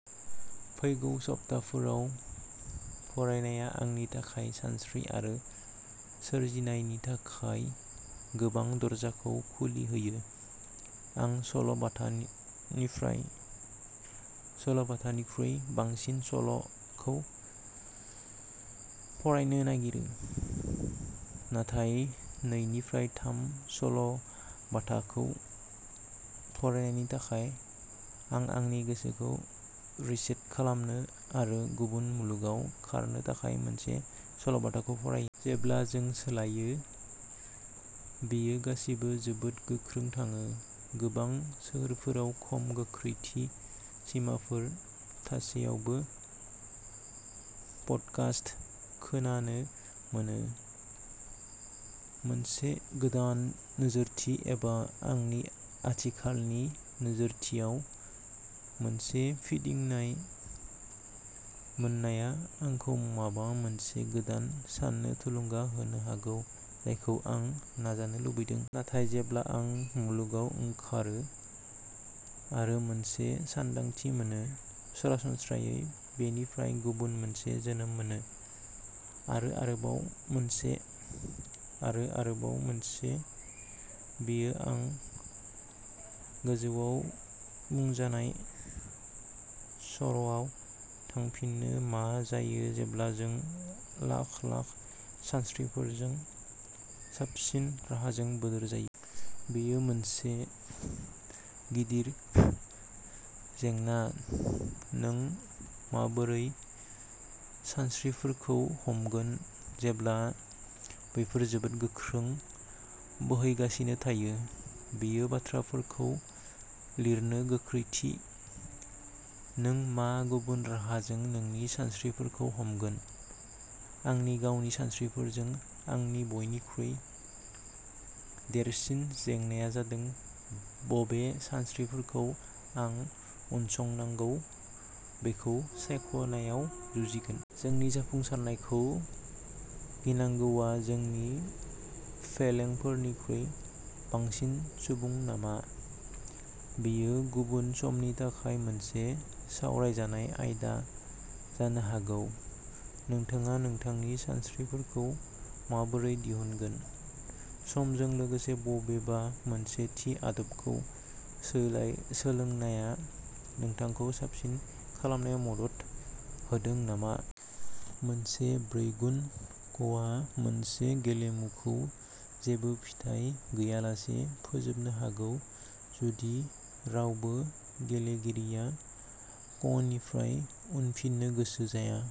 फैगौ सप्ताफोराव फरायनाया आंनि थाखाय सानस्रि आरो सोरजिनायनि थाखाय गोबां दरजाखौ खुलि होयो। आं सल'-बाथानिख्रुइ बांसिन सल'खौ फरायनो नागिरो, नाथाय नैनिफ्राय थाम सल'बाथाखौ फरायनायनि थाखाय, आं आंनि गोसोखौ रिसेट खालामनो आरो गुबुन मुलुगाव खारनो थाखाय मोनसे सल'बाथाखौ फरायो। जेब्ला जों सालायो, बेयो गासैबो जोबोद गोख्रै थाङो, गोबां सोहोरफोराव खम गोख्रैथि सिमाफोर थासेयावबो पडकास्ट खोनानो मोनो। मोनसे गोदान नोजोरथि एबा आंनि आथिखालनि नोजोरथियाव मोनसे फिदिंनाय मोननाया आंखौ माबा मोनसे गोदान साननो थुलुंगा होनो हागौ जायखौ आं नाजानो लुबैदों। नाथाय जेब्ला आं मुलुगाव ओंखारो, आरो मोनसे सानदांथि मोनो, सरासनस्रायै बेनिफ्राय गुबुन मोनसे जोनोम मोनो। आरो आरोबाव मोनसे। आरो आरोबाव मोनसे बेयो आं गोजौआव बुंजानाय सर'आव थांफिनो मा जायो जेब्ला नों लाख-लाख सानस्रिफोरजों साबसिन राहाजों बोदोर जायो? बेयो मोनसे गिदिर जेंना नों माबोरै सानस्रिफोरखौ हमगोन जेब्ला बेफोर जोबोद गोख्रै बोहैगासिनो थायो? बेयो बाथ्राफोरखौ लिरनो गोख्रैथि। नों मा गुबुन राहाजों नोंनि सानस्रिफोरखौ हमगोन? आंनि गावनि सानस्रिफोरजों आंनि बयनिख्रुइ देरसिन जेंनाया जादों बबे सानस्रिफोरखौ आं उनसंनांगौ बेखौ सायख'नायाव जुजिनाय। जोंनि जाफुंसारनायखौ गिनांगौआ जोंनि फेलेंफोरनिख्रुइ बांसिन सुबुं नामा? बेयो गुबुन समनि थाखाय मोनसे सावरायजानाय आयदा जानो हागौ नोंथाङा नोंथांनि सानस्रिफोरखौ माबोरै दिहुनगोन? समजों लोगोसे बबेबा मोनसे थि आदबखौ सोलोंनाया नोंथांखौ साबसिन खालामनायाव मदद होदों नामा? मोनसे ब्रैगुन क'आ मोनसे गेलेमुखौ जेबो फिथाय गैयालासे फोजोबनो हागौ जुदि रावबो गेलेगिरिया क'निफ्राय उनफिननो गोसो गैया।